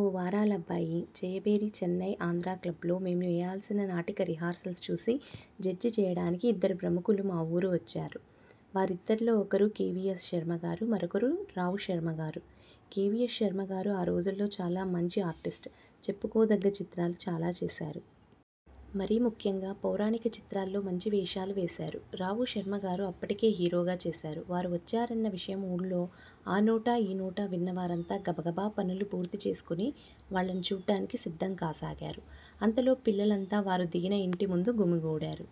ఓ వారాలబ్బాయి జయభేరి చెన్నై ఆంధ్రాక్లబ్లో మేం వేయాల్సిన నాటిక రిహార్సల్స్ చూసి జడ్జి చేయడానికి ఇద్దరు ప్రముఖులు మా ఊరు వచ్చారు. వారిదర్లో ఒకరు కేవీయస్ శర్మ గారు, మరొకరు రావుశర్మ గారు. కేవీయస్ శర్మగారు ఆ రోజుల్లో చాలా మంచి ఆర్టిస్ట్. చెప్పుకోదగ్గ చిత్రాలు చాలా చేశారు. మరీ ముఖ్యంగా పౌరాణిక చిత్రాల్లో మంచి వేషాలు వేశారు. రావుశర్మ గారు అప్పటికే హీరోగా చేశారు. వారు వచ్చారన్న విషయం ఊళ్ళో ఆ నోటా ఈనోటా విన్నవారంతా గబగబా పనులు పూర్తి చేసుకుని వాళ్లను చూడ్డానికి సిద్ధం కాసాగారు. అంతలో పిల్ల లంతా వారు దిగిన ఇంటి ముందు గుమిగూడారు.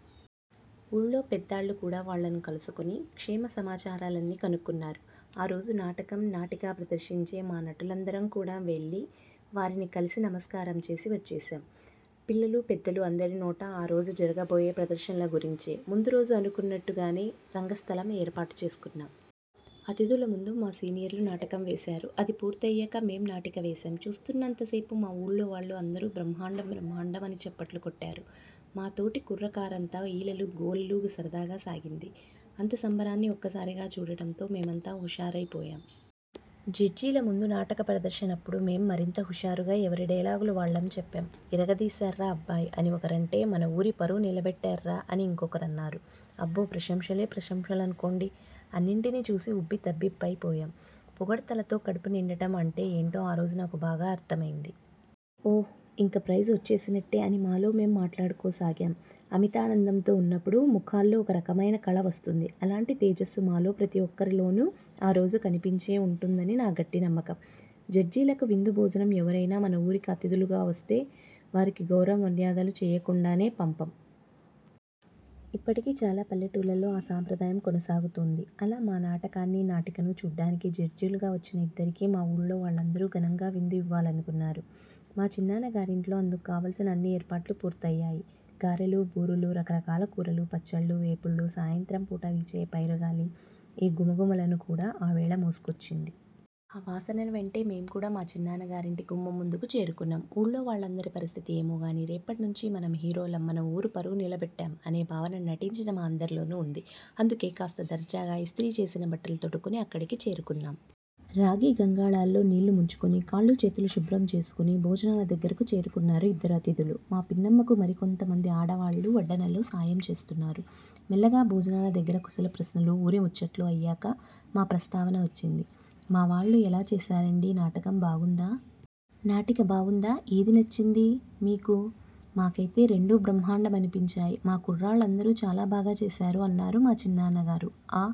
ఊళ్లో పెద్దాళ్లు కూడా వాళ్లను కలుసుకుని క్షేమ సమాచారాలన్నీ కనుక్కున్నారు. ఆ రోజు నాటకం, నాటిక ప్రదర్శించే మా నటులందరం కూడా వెళ్లి వారిని కలిసి నమస్కారం చేసి వచ్చేశాం. పిల్లలు, పెద్దలు అందరి నోటా ఆ రోజు జరగబోయే ప్రదర్శనల గురించే. ముందురోజు అనుకున్నట్టు గానే రంగస్థలం ఏర్పాటు చేసుకున్నాం. అతిథుల ముందు మా సీనియర్లు నాటకం వేశారు. అది పూర్తయ్యాక మేం నాటిక వేశాం. చూస్తున్నంత సేపూ మా ఊళ్లోవాళ్లు అందరూ 'బ్రహ్మాండం బ్రహ్మాండం' అని చప్పట్లు కొట్టారు. మాతోటి కుర్ర కారంతా ఈలలూ, గోలలూ సరదాగా సాగింది. అంత సంబరాన్ని ఒక్కసారిగా చూడటంతో మేమంతా హుషారై పోయాం. జడ్జీల ముందు నాటక ప్రదర్శనప్పుడు మేం మరింత హుషారుగా ఎవరి డైలాగులు వాళ్లం చెప్పాం. 'ఇరగదీశార్రా అబ్బాయ్' అని ఒకరంటే 'మన ఊరి పరువు నిలబెట్టారు రా' అని ఇంకొకరన్నారు. అబ్బో ప్రశంసలే ప్రశంసలనుకోండి. అన్నిటినీ చూసి ఉబ్బితబ్బిబ్బైపోయాం. పొగడ్తలతో కడుపు నిండటం అంటే ఏంటో ఆ రోజు నాకు బాగా అర్థమైంది. 'ఓ ఇంక ప్రైజ్ వచ్చేసినట్టే' అని మాలో మేం మాట్లాడుకోసాగాం. అమితా నందంతో ఉన్నప్పుడు ముఖాల్లో ఒక రకమైన కళ వస్తుంది. అలాంటి తేజస్సు మాలో ప్రతి ఒక్కరి లోనూ ఆ రోజు కనిపించే ఉంటుందని నా గట్టి నమ్మకం. జడ్జీలకు విందు భోజనంఎవరైనా మన ఊరికి అతిథులుగా వస్తే వారికి గౌరవ మర్యాదలు చేయకుండా పంపం. ఇప్పటికీ చాలా పల్లెటూర్ల లో ఆ సంప్రదాయం కొనసాగుతోంది. అలా మా నాటకాన్ని, నాటికను చూడ్డానికి జడ్జీలుగా వచ్చిన ఇద్దరికీ మా ఊళ్లో వాళ్లందరూ ఘనంగా విందు ఇవ్వాలనుకున్నారు. మా చిన్నాన్న గారింట్లో అందుకు కావాల్సిన అన్ని ఏర్పాట్లూ పూర్తయ్యాయి. గారెలు, బూరులు, రకరకాల కూరలు, పచ్చళ్లు, వేపుళ్లు సాయంత్రం పూట వీచే పైరుగాలి ఈ ఘుమ ఘుమలను కూడా ఆ వేళ మోసుకొచ్చింది. ఆ వాసనల వెంటే మేం కూడా మా చిన్నాన్న గారింటి గుమ్మం ముందుకు చేరుకున్నాం. ఊళ్లో వాళ్లందరి పరిస్థితీ ఏమోగానీ 'రేపటి నుంచి మనం హీరోలం మన ఊరు పరువు నిలబెట్టాం' అనే భావన నటించిన మా అందరిలోనూ ఉంది. అందుకే కాస్త దర్జాగా ఇస్త్రీ చేసిన బట్టలు తొడుక్కుని అక్కడికి చేరుకున్నాం. రాగి గంగాళాల్లో నీళ్ళు ముంచుకుని కాళ్లు చేతులు శుభ్రం చేసుకుని భోజనాల దగ్గరకు చేరుకున్నారు ఇద్దరు అతిథులు. మా పిన్నమ్మకు మరికొంత మంది ఆడవాళ్లు వడ్డనలో సాయం చేస్తున్నారు. మెల్లగా భోజనాల దగ్గర కుశల ప్రశ్నలూ, ఊరి ముచ్చట్లు అయ్యాక మా ప్రస్తావన వచ్చింది. మా వాళ్లు ఎలా చేశారండీ నాటకం బావుందా? నాటిక బావుందా? ఏది నచ్చింది మీకు మా కైతే రెండూ బ్రహ్మాండం అనిపించాయి. మా కుర్రాళ్లందరూ చాలా బాగా చేశారు అన్నారు మా చిన్నాన్న గారు. ఆ